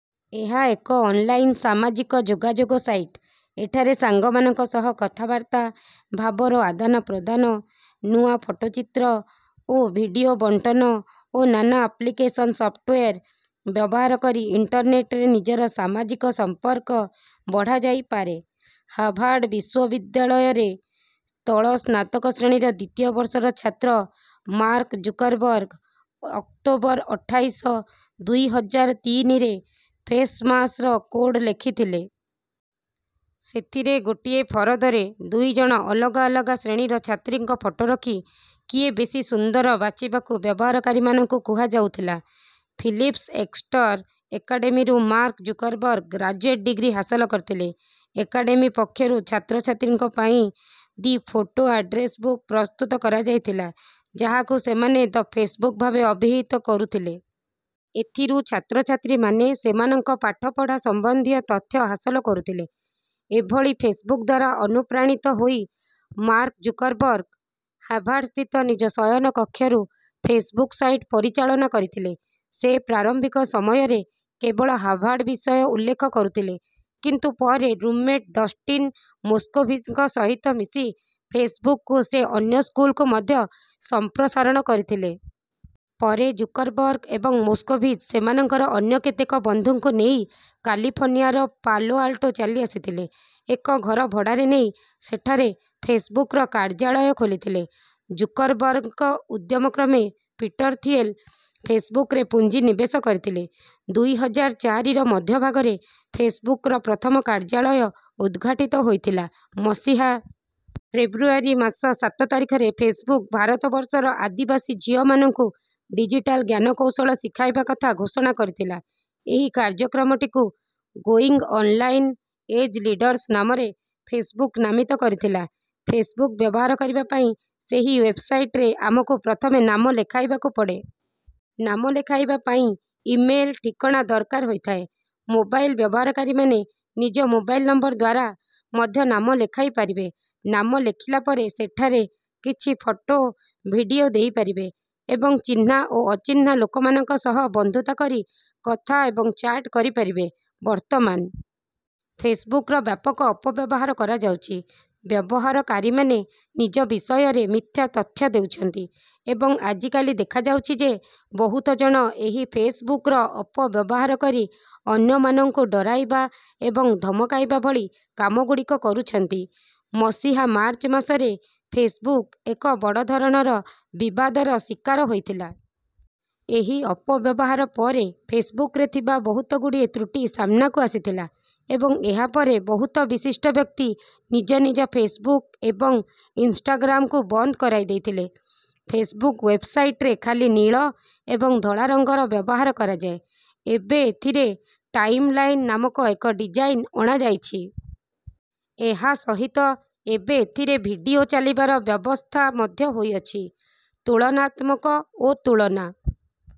ଏହା ଏକ ଅନ୍‌ଲାଇନ୍ ସାମାଜିକ ଯୋଗାଯୋଗ ସାଇଟ୍। ଏଠାରେ ସାଙ୍ଗମାନଙ୍କ ସହ କଥାବାର୍ତ୍ତା, ଭାବର ଆଦାନପ୍ରଦାନ, ନୂଆ ଫଟୋଚିତ୍ର ଓ ଭିଡିଓ ବଣ୍ଟନ ଓ ନାନା ଆପ୍ଲିକେସନ୍ ସଫ୍ଟୱେର୍ ବ୍ୟବହାର କରି ଇଣ୍ଟରନେଟ୍‌ରେ ନିଜର ସାମାଜିକ ସମ୍ପର୍କ ବଢ଼ାଯାଇପାରେ। ହାର୍ଭାର୍ଡ ବିଶ୍ୱବିଦ୍ୟାଳୟରେ ତଳ ସ୍ନାତକ ଶ୍ରେଣୀର ଦ୍ୱିତୀୟ ବର୍ଷର ଛାତ୍ର ମାର୍କ ଜୁକରବର୍ଗ ଅକ୍ଟୋବର ଅଠାଇଶ, ଦୁଇ ହଜାର ତିନିରେ ଫେସ୍‌ମାସ୍‌ର କୋଡ୍ ଲେଖିଥିଲେ। ସେଥିରେ ଗୋଟିଏ ଫରଦରେ ଦୁଇଜଣ ଅଲଗା ଅଲଗା ଶ୍ରେଣୀର ଛାତ୍ରୀଙ୍କ ଫଟୋ ରଖି କିଏ ବେଶି ସୁନ୍ଦର ବାଛିବାକୁ ବ୍ୟବହାରକାରୀମାନଙ୍କୁ କୁହାଯାଉଥିଲା। ଫିଲିପ୍ସ ଏକ୍ସଟର ଏକାଡେମୀରୁ ମାର୍କ ଜୁକରବର୍ଗ ଗ୍ରାଜୁଏଟ୍ ଡିଗ୍ରୀ ହାସଲ କରିଥିଲେ। ଏକାଡେମୀ ପକ୍ଷରୁ ଛାତ୍ରଛାତ୍ରୀଙ୍କ ପାଇଁ ଦି ଫୋଟୋ ଆଡ୍ରେସ୍ ବୁକ୍ ପ୍ରସ୍ତୁତ କରାଯାଇଥିଲା, ଯାହାକୁ ସେମାନେ ଦ ଫେସ୍‌ବୁକ୍ ଭାବେ ଅଭିହିତ କରୁଥିଲେ। ଏଥିରୁ ଛାତ୍ରଛାତ୍ରୀମାନେ ସେମାନଙ୍କ ପାଠପଢ଼ା ସମ୍ବନ୍ଧୀୟ ତଥ୍ୟ ହାସଲ କରୁଥିଲେ। ଏଭଳି ଫେସ୍‌ବୁକ୍ ଦ୍ୱାରା ଅନୁପ୍ରାଣିତ ହୋଇ ମାର୍କ ଜୁକରବର୍ଗ ହାର୍ଭାର୍ଡ ସ୍ଥିତ ନିଜ ଶୟନ କକ୍ଷରୁ ଫେସ୍‌ବୁକ୍ ସାଇଟ୍ ପରିଚାଳନା କରିଥିଲେ। ସେ ପ୍ରାରମ୍ଭିକ ସମୟରେ କେବଳ ହାର୍ଭାର୍ଡ ବିଷୟ ଉଲ୍ଲେଖ କରୁଥିଲେ। କିନ୍ତୁ ପରେ ରୁମ୍‌ମେଟ୍ ଡଷ୍ଟିନ୍ ମୋସ୍କୋଭିଜ୍‌ଙ୍କ ସହିତ ମିଶି ଫେସ୍‌ବୁକ୍‌କୁ ସେ ଅନ୍ୟ ସ୍କୁଲ୍‌କୁ ମଧ୍ୟ ସମ୍ପ୍ରସାରଣ କରିଥିଲେ। ପରେ ଜୁକରବର୍ଗ ଏବଂ ମୋସ୍କୋଭିଜ୍ ସେମାନଙ୍କର ଅନ୍ୟ କେତେକ ବନ୍ଧୁଙ୍କୁ ନେଇ କାଲିଫର୍ଣ୍ଣିଆର ପାଲୋ ଆଲ୍ଟୋ ଚାଲିଆସିଥିଲେ। ଏକ ଘର ଭଡ଼ାରେ ନେଇ ସେଠାରେ ଫେସ୍‌ବୁକ୍‌ର କାର୍ଯ୍ୟାଳୟ ଖୋଲିଥିଲେ। ଜୁକରବର୍ଗଙ୍କ ଉଦ୍ୟମ କ୍ରମେ ପିଟର ଥିଏଲ୍ ଫେସ୍‌ବୁକ୍‌ରେ ପୁଞ୍ଜି ନିବେଶ କରିଥିଲେ। ଦୁଇ ହଜାର ଚାରିର ମଧ୍ୟଭାଗରେ ଫେସ୍‌ବୁକ୍‌ର ପ୍ରଥମ କାର୍ଯ୍ୟାଳୟ ଉଦ୍‌ଘାଟିତ ହୋଇଥିଲା। ମସିହା ଫେବ୍ରୁଆରୀ ମାସ ସାତ ତାରିଖରେ ଫେସ୍‌ବୁକ୍, ଭାରତବର୍ଷର ଆଦିବାସୀ ଝିଅମାନଙ୍କୁ ଡିଜିଟାଲ୍ ଜ୍ଞାନକୌଶଳ ଶିଖାଇବା କଥା ଘୋଷଣା କରିଥିଲା। ଏହି କାର୍ଯ୍ୟକ୍ରମଟିକୁ ଗୋଇଙ୍ଗ୍ ଅନ୍‌ଲାଇନ୍ ଏଜ୍ ଲିଡର୍ସ ନାମରେ ଫେସ୍‌ବୁକ୍ ନାମିତ କରିଥିଲା। ଫେସ୍‌ବୁକ୍ ବ୍ୟବହାର କରିବା ପାଇଁ ସେହି ୱେବ୍‌ସାଇଟ୍‌ରେ ଆମକୁ ପ୍ରଥମେ ନାମ ଲେଖାଇବାକୁ ପଡ଼େ। ନାମ ଲେଖାଇବା ପାଇଁ ଇମେଲ୍ ଠିକଣା ଦରକାର ହୋଇଥାଏ। ମୋବାଇଲ୍ ବ୍ୟବହାରକାରୀମାନେ ନିଜ ମୋବାଇଲ୍ ନମ୍ବର ଦ୍ୱାରା ମଧ୍ୟ ନାମ ଲେଖାଇ ପାରିବେ। ନାମ ଲେଖିଲା ପରେ ସେଠାରେ କିଛି ଫଟୋ, ଭିଡିଓ ଦେଇପାରିବେ ଏବଂ ଚିହ୍ନା ଓ ଅଚିହ୍ନା ଲୋକମାନଙ୍କ ସହ ବନ୍ଧୁତା କରି କଥା ଏବଂ ଚାଟ୍ କରିପାରିବେ। ବର୍ତ୍ତମାନ ଫେସ୍‌ବୁକ୍‌ର ବ୍ୟାପକ ଅପବ୍ୟବହାର କରାଯାଉଛି। ବ୍ୟବହାରକାରୀମାନେ ନିଜ ବିଷୟରେ ମିଥ୍ୟା ତଥ୍ୟ ଦେଉଛନ୍ତି। ଏବଂ ଆଜିକାଲି ଦେଖାଯାଉଛି ଯେ, ବହୁତ ଜଣ ଏହି ଫେସ୍‌ବୁକ୍‌ର ଅପବ୍ୟବହାର କରି ଅନ୍ୟମାନଙ୍କୁ ଡରାଇବା ଏବଂ ଧମକାଇବା ଭଳି କାମଗୁଡ଼ିକ କରୁଛନ୍ତି। ମସିହା ମାର୍ଚ୍ଚ ମାସରେ ଫେସ୍‌ବୁକ୍ ଏକ ବଡ଼ ଧରଣର ବିବାଦର ଶିକାର ହୋଇଥିଲା। ଏହି ଅପବ୍ୟବହାର ପରେ ଫେସ୍‌ବୁକ୍‌ରେ ଥିବା ବହୁତଗୁଡ଼ିଏ ତ୍ରୁଟି ସାମ୍ନାକୁ ଆସିଥିଲା। ଏବଂ ଏହାପରେ ବହୁତ ବିଶିଷ୍ଟ ବ୍ୟକ୍ତି ନିଜ ନିଜ ଫେସ୍‌ବୁକ୍ ଏବଂ ଇନ୍‌ଷ୍ଟାଗ୍ରାମ୍‌କୁ ବନ୍ଦ କରାଇ ଦେଇଥିଲେ। ଫେସ୍‌ବୁକ୍ ୱେବ୍‌ସାଇଟ୍‌ରେ ଖାଲି ନୀଳ ଏବଂ ଧଳା ରଙ୍ଗର ବ୍ୟବହାର କରାଯାଏ। ଏବେ ଏଥିରେ ଟାଇମ୍‌ଲାଇନ୍ ନାମକ ଏକ ଡିଜାଇନ୍ ଅଣାଯାଇଛି। ଏହା ସହିତ ଏବେ ଏଥିରେ ଭିଡିଓ ଚାଲିବାର ବ୍ୟବସ୍ଥା ମଧ୍ୟ ହୋଇଅଛି। ତୁଳନାତ୍ମକ ଓ ତୁଳନା।